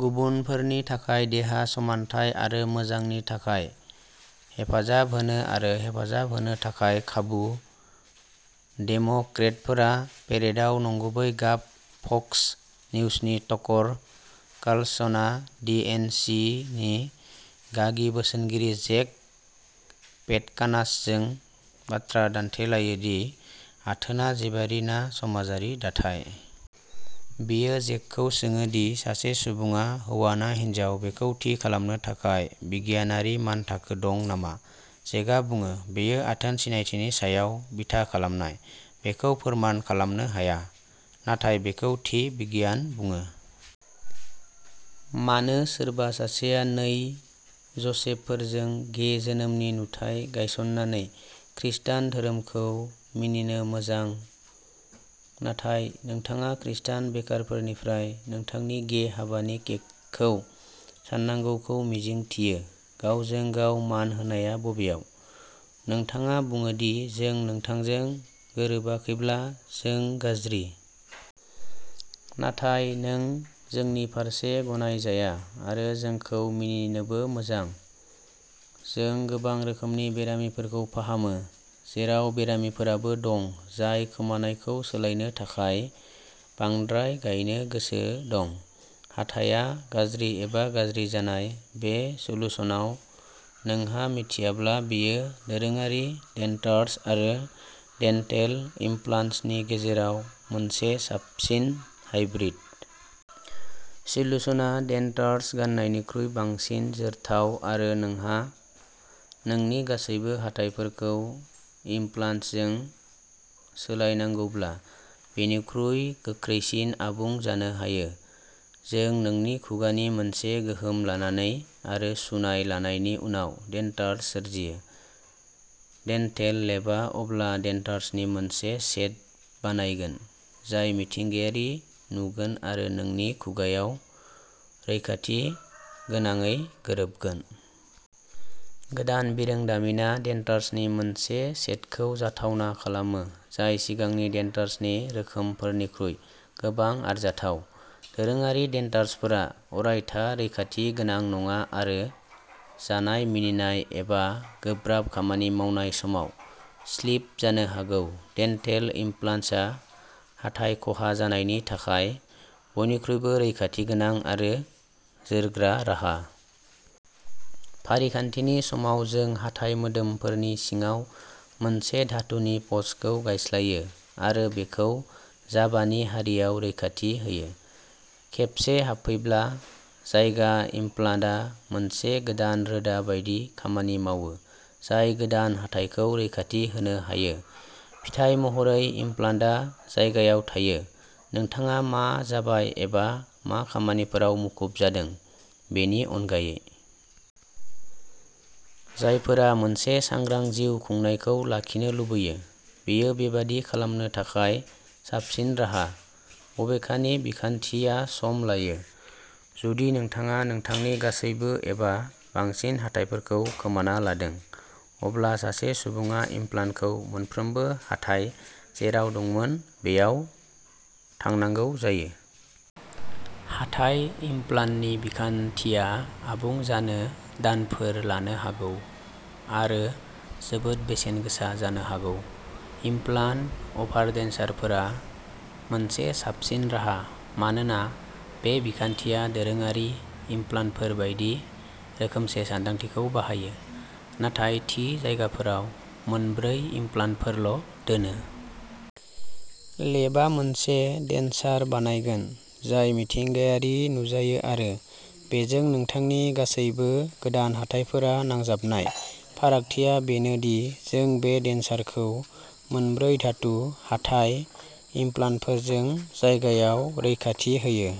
गुबुनफोरनि थाखाय देहा, समानथाय आरो मोजांनि थाखाय हेफाजाब होनो आरो हेफाजाब होनो थाखाय खाबु। डेम'क्रेटफोरा पेरेडआव नंगुबै गाब फक्स निउजनि टकर कार्लसनआ दि एन सि नि गागि बोसोनगिरि जेक पेटकानासजों बाथ्रा दान्थेलायो दि आथोनआ जिबारि ना समाजारि दाथाय। बियो जेकखौ सोङो दि सासे सुबुङा हौवा ना हिनजाव बेखौ थि खालामनो थाखाय बिगियानारि मानथाखो दं नामा। जेकआ बुङो, बेयो आथोन सिनायथिनि सायाव बिथा खालामनाय, बेखौ फोरमान खालामनो हाया, नाथाय बेखौ थि बिगियान बुङो। मानो सोरबा सासेया नै ज'सेफफोरजों गे जोनोमनि नुथाय गायस'ननानै खृस्टान धोरोमखौ मिनिनो मोजां, नाथाय नोंथाङा खृस्टान बेकारफोरनिफ्राय नोंथांनि गे हाबानि केकखौ सान्नांगौखौ मिजिंथियो गावजों-गाव मान होनाया बबेयाव? नोंथाङा बुङो दि जों नोंथांजों गोरोबाखैब्ला जों गाज्रि। नाथाय नों जोंनि फारसे गनायजाया, आरो जोंखौ मिनिनोबो मोजां। जों गोबां रोखोमनि बेरामिफोरखौ फाहामो, जेराव बेरामिफोराबो दं जाय खोमानायखौ सोलायनो थाखाय बांद्राय गायनो गोसो दं। हाथाया गाज्रि एबा गाज्रि जानाय। बे सोल्युशनाव नोंहा मिथियाब्ला, बेयो दोरोङारि डेन्टार्स आरो डेन्टेल इमप्लान्ट्सनि गेजेराव मोनसे साबसिन हाइब्रिद। सोल्युशना डेन्टार्स गान्नायनिख्रुइ बांसिन जोरथाव आरो नोंहा नोंनि गासैबो हाथाइफोरखौ इमप्लान्ट्सजों सोलायनांगौब्ला बेनिख्रुइ गोख्रैसिन आबुं जानो हायो। जों नोंनि खुगानि मोनसे गोहोम लानानै आरो सुनाय लानायनि उनाव डेन्टार्स सोरजियो। डेन्टेल लेबआ अब्ला डेन्टार्सनि मोनसे सेट बानायगोन जाय मिथिंगायारि नुगोन आरो नोंनि खुगाआव रैखाथिगोनाङै गोरोबगोन। गोदान बिरोंदामिनआ डेन्टार्सनि मोनसे सेटखौ जाथावना खालामो जाय सिगांनि डेन्टार्सनि रोखोमफोरनिख्रुइ गोबां आरजाथाव। दोरोङारि डेन्टार्सफोरा अरायथा रैखाथि गोनां नङा आरो जानाय, मिनिनाय एबा गोब्राब खामानि मावनाय समाव स्लिप जानो हागौ। डेन्टेल इमप्लान्ट्सआ हाथाइ खहा जानायनि थाखाय बयनिख्रुइबो रैखाथिगोनां आरो जोरग्रा राहा। फारिखान्थिनि समाव, जों हाथाइ मोदोमफोरनि सिङाव मोनसे धातुनि पस्टखौ गायस्लायो आरो बेखौ जाबानि हारियाव रैखाथि होयो। खेबसे हाबफैब्ला। जायगा, इमप्लान्टआ मोनसे गोदान रोदा बायदि खामानि मावो जाय गोदान हाथाइखौ रैखाथि होनो हायो। फिथाय महरै, इमप्लान्टआ जायगायाव थायो, नोंथाङा मा जाबाय एबा मा खामानिफोराव मुखुब जादों बेनि अनगायै। जायफोरा मोनसे सांग्रां जिउ खुंनायखौ लाखिनो लुबैयो, बेयो बेबादि खालामनो थाखाय साबसिन राहा। बबेखानि, बिखान्थिया सम लायो। जुदि नोंथाङा नोंथांनि गासैबो एबा बांसिन हाथाइफोरखौ खोमाना लादों, अब्ला सासे सुबुङा इमप्लान्टखौ मोनफ्रोमबो हाथाइ जेराव दंमोन बैयाव थांनांगौ जायो। हाथाइ इमप्लान्टनि बिखान्थिया आबुं जानो दानफोर लानो हागौ आरो जोबोद बेसेन गोसा जानो हागौ। इमप्लान्ट अभारडेन्चारफोरा मोनसे साबसिन राहा मानोना बे बिखान्थिया दोरोङारि इमप्लान्टफोर बायदि रोखोमसे सानदांथिखौ बाहायो, नाथाय थि जायगाफोराव मोनब्रै इमप्लान्टफोरल' दोनो। लेबआ मोनसे डेन्चार बानायगोन जाय मिथिंगायारि नुजायो आरो बेजों नोंथांनि गासैबो गोदान हाथाइफोरा नांजाबनाय। फारागथिया बेनो दि जों बे डेन्चारखौ मोनब्रै धातु, हाथाइ इमप्लान्टफोरजों जायगायाव रैखाथि होयो।